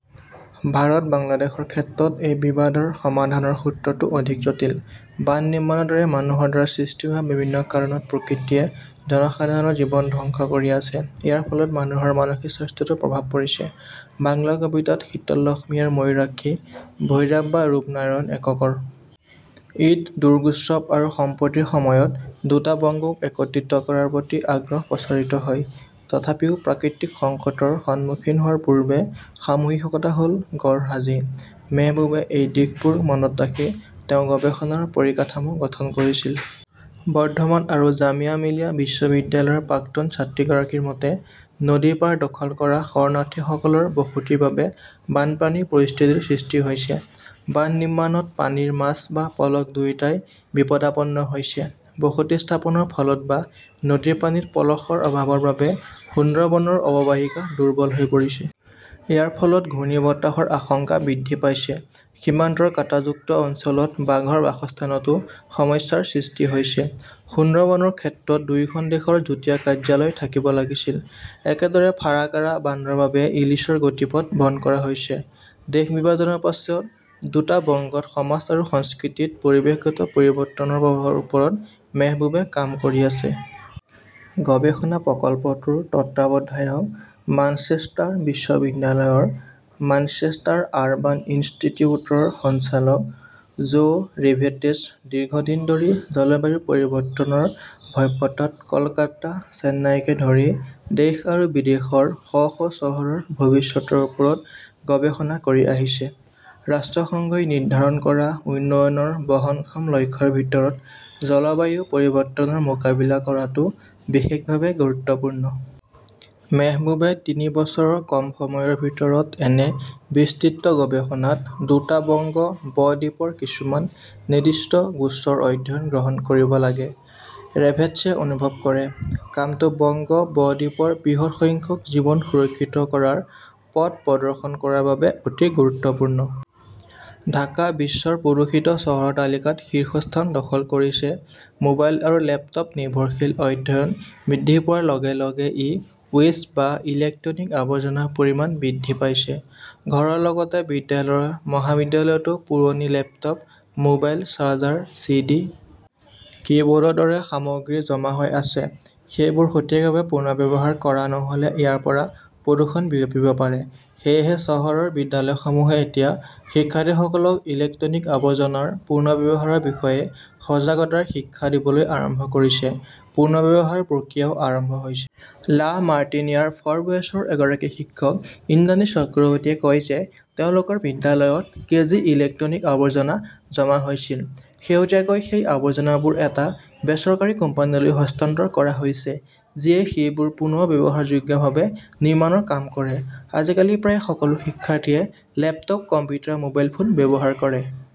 ভাৰত, বাংলাদেশৰ ক্ষেত্ৰত এই বিবাদৰ সমাধানৰ সূত্ৰটো অধিক জটিল। বান্ধ নিৰ্মাণৰ দৰে মানুহৰ দ্বাৰা সৃষ্টি হোৱা বিভিন্ন কাৰণত প্ৰকৃতিয়ে জনসাধাৰণৰ জীৱন ধ্বংস কৰি আছে। ইয়াৰ ফলত মানুহৰ মানসিক স্বাস্থ্যতো প্ৰভাৱ পৰিছে। "বাংলা কবিতাত শীতললক্ষ্মী আৰু ময়ূৰাক্ষী, ভৈৰাব বা ৰূপনাৰায়ণ এককৰ। ঈদ, দুৰগোৎসব আৰু সম্পৰ্তীৰ সময়ত দুটা বংগক একত্ৰিত কৰাৰ প্ৰতি আগ্ৰহ প্ৰচাৰিত হয়। তথাপিও, প্ৰাকৃতিক সংকটৰ সন্মুখীন হোৱাৰ পূৰ্বে সামূহিকতা হ "ল গৰহাজী। মেহবুবে এই দিশবোৰ মনত ৰাখি তেওঁৰ গৱেষণাৰ পৰিকাঠামো গঠন কৰিছিল। বৰ্ধমান আৰু জামিয়া মিলিয়া বিশ্ববিদ্যালয়ৰ প্ৰাক্তন ছাত্ৰীগৰাকীৰ মতে, "নদীৰ পাৰ দখল কৰা শৰণাৰ্থীসকলৰ বসতিৰ বাবে বানপানীৰ পৰিস্থিতিৰ সৃষ্টি হৈছে। বান্ধ নিৰ্মাণত পানীৰ মাছ বা পলস দুয়োটাই বিপদাপন্ন হৈছে। বসতি স্থাপনৰ ফলত বা নদীৰ পানীত পলসৰ অভাৱৰ বাবে সুন্দৰবনৰ অৱবাহিকা দুৰ্বল হৈ পৰিছে। ইয়াৰ ফলত ঘূৰ্ণীবতাহৰ আশংকা বৃদ্ধি পাইছে। সীমান্তৰ কাঁটাযুক্ত অঞ্চলত বাঘৰ বাসস্থানতো সমস্যাৰ সৃষ্টি হৈছে। সুন্দৰবনৰ ক্ষেত্ৰত দুয়োখন দেশৰ যুটীয়া কাৰ্যালয় থাকিব লাগিছিল। "একেদৰে ফাৰাকাৰা বান্ধৰ বাবে ইলিছৰ গতিপথ বন্ধ কৰা হৈছে। দেশ বিভাজনৰ পিছৰ দুটা বংগত সমাজ আৰু সংস্কৃতিত পৰিৱেশগত পৰিৱৰ্তনৰ প্ৰভাৱৰ ওপৰত মেহবুবে কাম কৰি আছে। গৱেষণা প্ৰকল্পটোৰ তত্ত্বাৱধায়ক মাঞ্চেষ্টাৰ বিশ্ববিদ্যালয়ৰ মাঞ্চেষ্টাৰ আৰবান ইনষ্টিটিউটৰ সঞ্চালক জো ৰেভেট্জে দীৰ্ঘদিন ধৰি জলবায়ু পৰিৱৰ্তনৰ ভব্যতাত কলকাতা, চেন্নাইকে ধৰি দেশ আৰু বিদেশৰ শ শ চহৰৰ ভৱিষ্যতৰ ওপৰত গৱেষণা কৰি আহিছে। ৰাষ্ট্ৰসংঘই নিৰ্ধাৰণ কৰা উন্নয়নৰ বহনক্ষম লক্ষ্যৰ ভিতৰত জলবায়ু পৰিৱৰ্তনৰ মোকাবিলা কৰাটো বিশেষভাৱে গুৰুত্বপূৰ্ণ। "মেহবুবে তিনি বছৰৰ কম সময়ৰ ভিতৰত এনে বিস্তৃত গৱেষণাত দুটা বংগ ব-দ্বীপৰ কিছুমান নিৰ্দিষ্ট গোচৰ-অধ্যয়ন গ্ৰহণ কৰিব লাগে", ৰেভেটজে অনুভৱ কৰে। কামটো বংগ ব-দ্বীপৰ বৃহৎ সংখ্যক জীৱন সুৰক্ষিত কৰাৰ পথ প্ৰদৰ্শন কৰাৰ বাবে অতি গুৰুত্বপূৰ্ণ। "। ঢাকা বিশ্বৰ প্ৰদূষিত চহৰৰ তালিকাত শীৰ্ষস্থান দখল কৰিছে মোবাইল আৰু লেপটপ-নিৰ্ভৰশীল অধ্যয়ন বৃদ্ধি পোৱাৰ লগে লগে ই-ৱেষ্ট বা ইলেক্ট্ৰনিক আৱৰ্জনাৰ পৰিমাণ বৃদ্ধি পাইছে। ঘৰৰ লগতে বিদ্যালয়-মহাবিদ্যালয়তো পুৰণি laptop, mobile, charger, C. D., কিবৰ্ডৰ দৰে সামগ্ৰী জমা হৈ আছে। সেইবোৰ সঠিকভাৱে পুনৰ্ব্যৱহাৰ কৰা নহ "লে ইয়াৰ পৰা প্ৰদূষণ বিয়পিব পাৰে। সেয়েহে চহৰৰ বিদ্যালয়সমূহে এতিয়া শিক্ষাৰ্থীসকলক ইলেক্ট্ৰনিক আৱৰ্জনাৰ পুনৰ্ব্যৱহাৰৰ বিষয়ে সজাগতাৰ শিক্ষা দিবলৈ আৰম্ভ কৰিছে। পুনৰ্ব্যৱহাৰৰ প্ৰক্ৰিয়াও আৰম্ভ হৈছে। লা মাৰ্টিনিয়াৰ ফৰ বয়ছৰ এগৰাকী শিক্ষক ইন্দ্ৰাণী চক্ৰৱৰ্তীয়ে কয় যে তেওঁলোকৰ বিদ্যালয়ত কেজি ইলেক্ট্ৰনিক আৱৰ্জনা জমা হৈছিল। শেহতীয়াকৈ সেই আৱৰ্জনাবোৰ এটা বেচৰকাৰী কোম্পানীলৈ হস্তান্তৰ কৰা হৈছে যিয়ে সেইবোৰ পুনৰ্ব্যৱহাৰযোগ্যভাৱে নিৰ্মাণৰ কাম কৰে। "আজিকালি প্ৰায় সকলো শিক্ষাৰ্থীয়ে লেপটপ, কম্পিউটাৰ, মোবাইল ফোন ব্যৱহাৰ কৰে",